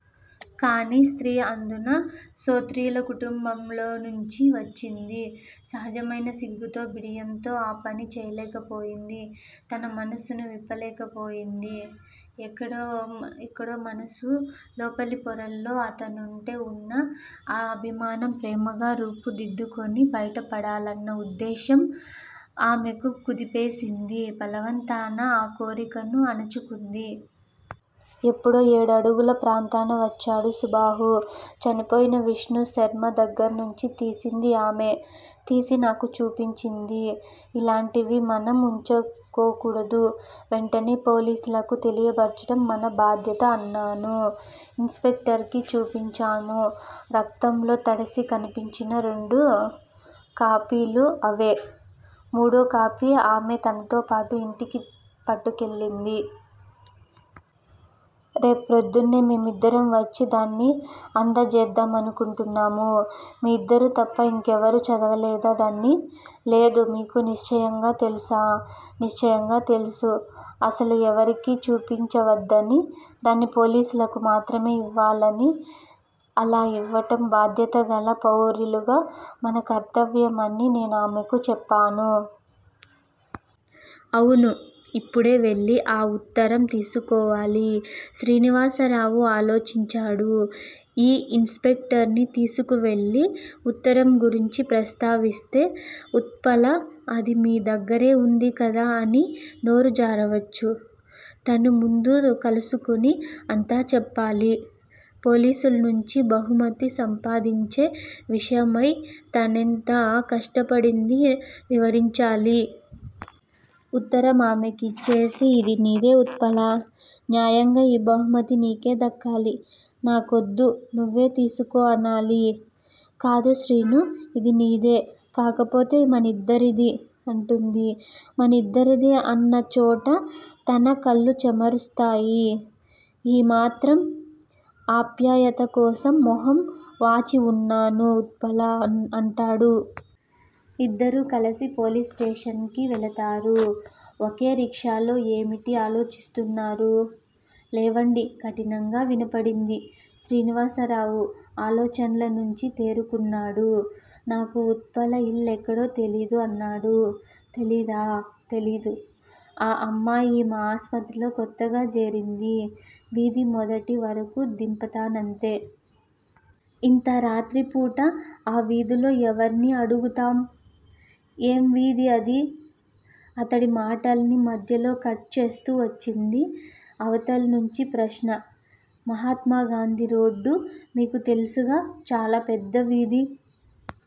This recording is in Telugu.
కానీ, స్త్రీ అందునా శోత్రీయుల కుటుంబంలోనుంచి వచ్చింది- సహజమైన సిగ్గుతో, బిడియంతో ఆ పని చేయలేకపోయింది. తన మనసును విప్పలేక పోయింది. ఎక్కడో మనసు లోపలి పొరల్లో అతనుంటే వున్న అభిమానం ప్రేమగా రూపు దిద్దుకుని బయటపడాలన్న ఉద్యేశం ఆమెకు కుదిపేసింది. బలవంతాన ఆ కోరికను అణచుకుంది. ఎప్పుడో ఏడు గంటల ప్రాంతాన వచ్చాడు సుబాహు. చనిపోయిన విష్ణుశర్మ దగ్గర్నుంచి తీసింది ఆమే! తీసి నాకు చూపించింది. ఇలాటివి మనం వుంచుకోకూడదు. వెంటనే పోలీసులకి తెలియబర్చటం మన బాధ్యత అన్నాను. ఇన్ స్పెక్టర్ కి చూపించాము. రక్తంలో తడిసి కనిపించిన రెండు కాపీలూ అవే- మూడో కాపీ ఆమే తనతోపాటూ ఇంటికి పట్టుకెళ్ళింది. రేప్రోద్దున్నే మేమిద్దరం వచ్చి దాన్ని అందజేద్దామనుకుంటున్నాము. మీ ఇద్దరూ తప్ప ఇంకెవరూ చదవలేదా దాన్ని? లేదు మీకు నిశ్చయంగా తెలుసా? నిశ్చయంగా తెలుసు. అసలు ఎవరికీ చూపించవద్దనీ- దాన్ని పోలీసులకి మాత్రమే ఇవ్వాలనీ, అలా ఇవ్వటం బాధ్యతగల పౌరులుగా మన కర్తవ్యం అనీ నేనామెకు చెప్పాను. అవును, ఇప్పుడే వెళ్ళి ఆ వుత్తరం తీసుకోవాలి. శ్రీనివాసరావు ఆలోచించాడు. ఈ ఇన్ స్పెక్టర్ ని తీసుకువెళ్ళి, ఉత్తరం గురించి ప్రస్తావిస్తే ఉత్పల- అది మీ దగ్గరే వుంది కదా అని నోరు జారవచ్చు. తను ముందు కలుసుకుని అంతా చెప్పాలి. పోలీసుల్నించి బహుమతి సంపాదించే విషయమై తనెంత కష్టపడిందీ వివరించాలి. ఉత్తరం ఆమెకిచ్చేసి, ఇది నీదే ఉత్పలా! న్యాయంగా ఈ బహుమతి నీకే దక్కాలి. నాకొద్దు నువ్వే తీసుకో అనాలి. 'కాదు శ్రీనూ, ఇది నీదే- కాకపోతే మనిద్దరిదీ' అంటుంది. మనిద్దరిదీ అన్నచోట తన కళ్ళు చెమరుస్తాయి. 'ఈ మాత్రం ఆప్యాయతకోసం మొహం వాచివున్నాను ఉత్పలా' అంటాడు. ఇద్దరూ కలిసి పోలీస్ స్టేషన్ కి వెళతారు, ఒకే రిక్షాలో ఏమిటి ఆలోచిస్తున్నారు? లేవండి కఠినంగా వినపడింది. శ్రీనివాసరావు ఆలోచన్ల నుంచి తేరుకున్నాడు. నాకు ఉత్పల ఇల్లెక్కడో తెలీదు అన్నాడు. తెలీదా? తెలీదు. ఆ అమ్మాయి మా ఆస్పత్రిలో కొత్తగా జేరింది. వీథి మొదటి వరకూ దింపానంతే. ఇంతరాత్రి పూట ఆ వీథిలో ఎవర్నని అడుగుతాం? ఏం వీథి అది? అతడి మాటల్ని మధ్యలో కట్ చేస్తూ వచ్చింది అవతల్నుంచి ప్రశ్న. మహాత్మాగాంధీరోడ్డు. మీకు తెలుసుగా. చాలా పెద్ద వీధి